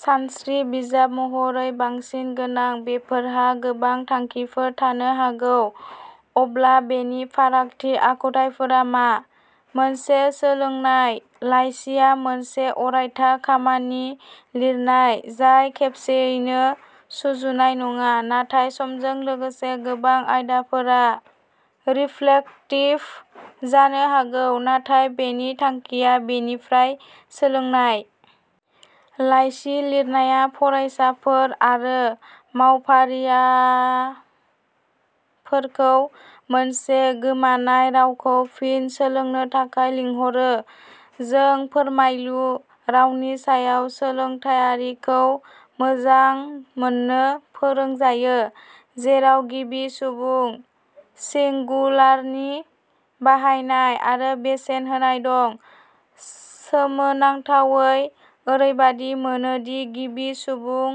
सानस्रि बिजाब महरै बांसिन गोनां, बेफोरहा गोबां थांखिफोर थानो हागौ। अब्ला बेनि फारागथि आखुथायफोरा मा? मोनसे सोलोंनाय लाइसिया मोनसे अरायथा खामानि लिरनाय जाय खेबसेयैनो सुजुनाय नङा नाथाय समजों लोगोसे गोबां आयदाफोरा रिफ्लेक्टिभ जानो हागौ नाथाय बेनि थांखिया बेनिफ्राय सोलोंनाय। लाइसि लिरनाया फरायसाफोर आरो मावफारियाफोरखौ मोनसे गोमानाय रावखौ फिन सोलोंनो थाखाय लिंहरो। जों फोरमायलु रावनि सायाव सोलोंथायारिखौ मोजां मोननो फोरोंजायो, जेराव गिबि सुबुं सिंगुलारनि बाहायनाय आरो बेसेन होनाय दं। सोमोनांथावै, ओरैबायदि मोनो दि गिबि सुबुं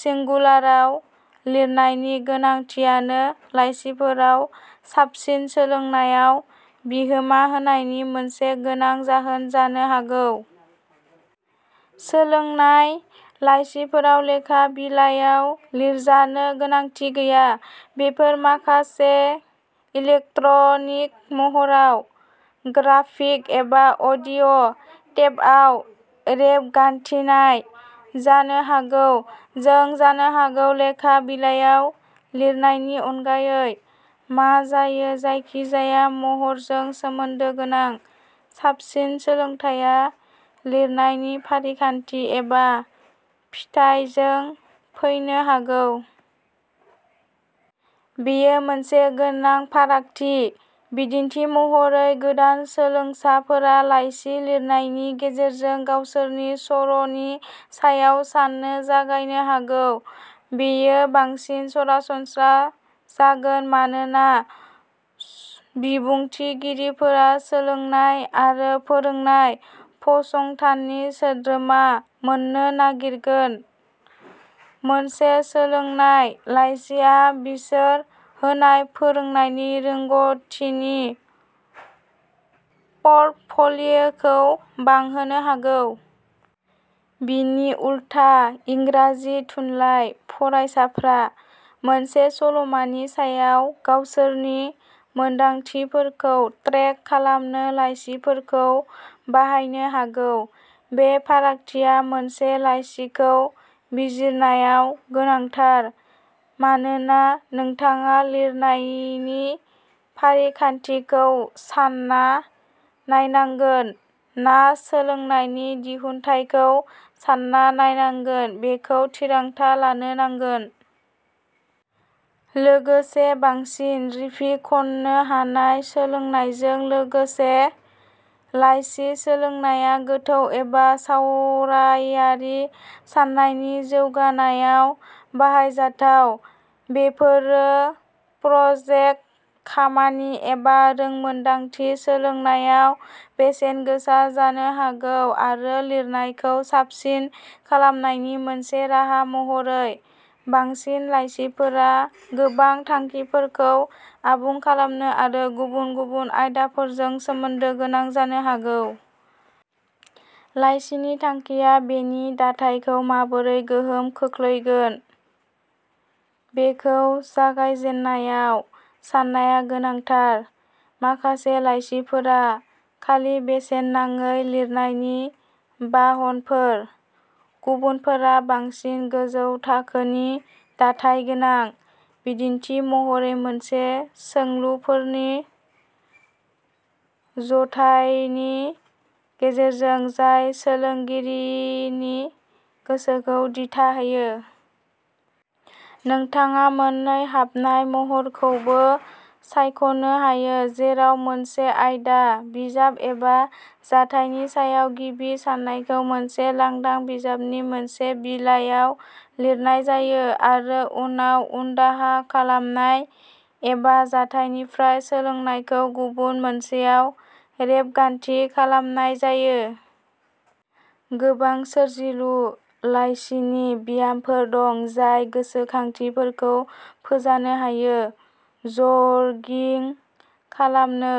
सिंगुलाराव लिरनायनि गोनांथियानो लाइसिफोराव साबसिन सोलोंनायाव बिहोमा होनायनि मोनसे गोनां जाहोन जानो हागौ। सोलोंनाय लाइसिफोराव लेखा बिलायाव लिरजानो गोनांथि गैया। बेफोर माखासे इलेक्ट्रनिक महराव, ग्राफिक एबा अडिअ टेपआव रेबगान्थिनाय जानो हागौ। जों जानो हागौ लेखा बिलायाव लिरनायनि अनगायै, मा जायो जायखि जाया महरजों सोमोन्दो गोनां। साबसिन सोलोंथाया लिरनायनि फारिखान्थि एबा फिथायजों फैनो हागौ। बेयो मोनसे गोनां फारागथि। बिदिन्थि महरै, गोदान सोलोंसाफोरा लाइसि लिरनायनि गेजेरजों गावसोरनि सर'नि सायाव साननो जागायनो हागौ। बेयो बांसिन सरासनस्रा जागोन मानोना बिबुंथिगिरिफोरा सोलोंनाय आरो फोरोंनाय फसंथाननि सोद्रोमा मोननो नागिरगोन। मोनसे सोलोंनाय लाइसिआ बिसोर होनाय फोरोंनायनि रोंग'थिनि पर्टफ'लिय'खौ बांहोनो हागौ। बिनि उलथा, इंराजि थुनलाइ फरायसाफ्रा मोनसे सल'मानि सायाव गावसोरनि मोनदांथिफोरखौ ट्रेक खालामनो लाइसिफोरखौ बाहायनो हागौ। बे फारागथिया मोनसे लाइसिखौ बिजिरनायाव गोनांथार, मानोना नोंथाङा लिरनायनि फारिखान्थिखौ सान्ना नायनांगोन ना सोलोंनायनि दिहुनथायखौ सान्ना नायनांगोन बेखौ थिरांथा लानो नांगोन। लोगोसे बांसिन रिफिख'नो हानाय सोलोंनायजों लोगोसे, लाइसि सोलोंनाया गोथौ एबा सावरायारि साननायनि जौगानायाव बाहायजाथाव। बेफोरो प्रजेक्ट खामानि एबा रोंमोनदांथि सोलोंनायाव बेसेनगोसा जानो हागौ। आरो लिरनायखौ साबसिन खालामनायनि मोनसे राहा महरै। बांसिन लाइसिफोरा गोबां थांखिफोरखौ आबुं खालामो आरो गुबुन गुबुन आयदाफोरजों सोमोन्दो गोनां जानो हागौ। लाइसिनि थांखिया बेनि दाथायखौ माबोरै गोहोम खोख्लैगोन बेखौ जागायजेननायाव साननाया गोनांथार। माखासे लाइसिफोरा खालि बेसेन नाङै लिरनायनि बाहनफोर। गुबुनफोरा बांसिन गोजौ थाखोनि दाथाय गोनां, बिदिन्थि महरै मोनसे सोंलुफोरनि जथायनि गेजेरजों जाय सोलोंगिरिनि गोसोखौ दिथा होयो। नोंथाङा मोननै हाबनाय महरखौबो सायख'नो हायो, जेराव मोनसे आयदा, बिजाब एबा जाथायनि सायाव गिबि साननायखौ मोनसे लांदां बिजाबनि मोनसे बिलायाव लिरनाय जायो, आरो उनाव उनदाहा खालामनाय, एबा जाथायनिफ्राय सोलोंनायखौ गुबुन मोनसेयाव रेबगान्थि खालामनाय जायो। गोबां सोरजिलु लाइसिनि ब्यामफोर दं जाय गोसोखांथिफोरखौ फोजानो हायो, जगिं खालामनो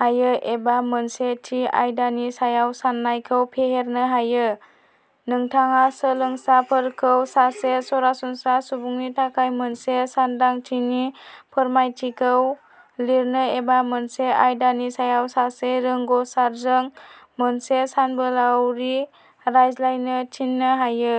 हायो एबा मोनसे थि आयदानि सायाव सान्नायखौ फेहेरनो हायो। नोंथाङा सोलोंसाफोरखौ सासे सरासनस्रा सुबुंनि थाखाय मोनसे सानदांथिनि फोरमायथिखौ लिरनो एबा मोनसे आयदानि सायाव सासे रोंग'सारजों मोनसे सानबोलावरि रायज्लायनो थिननो हायो।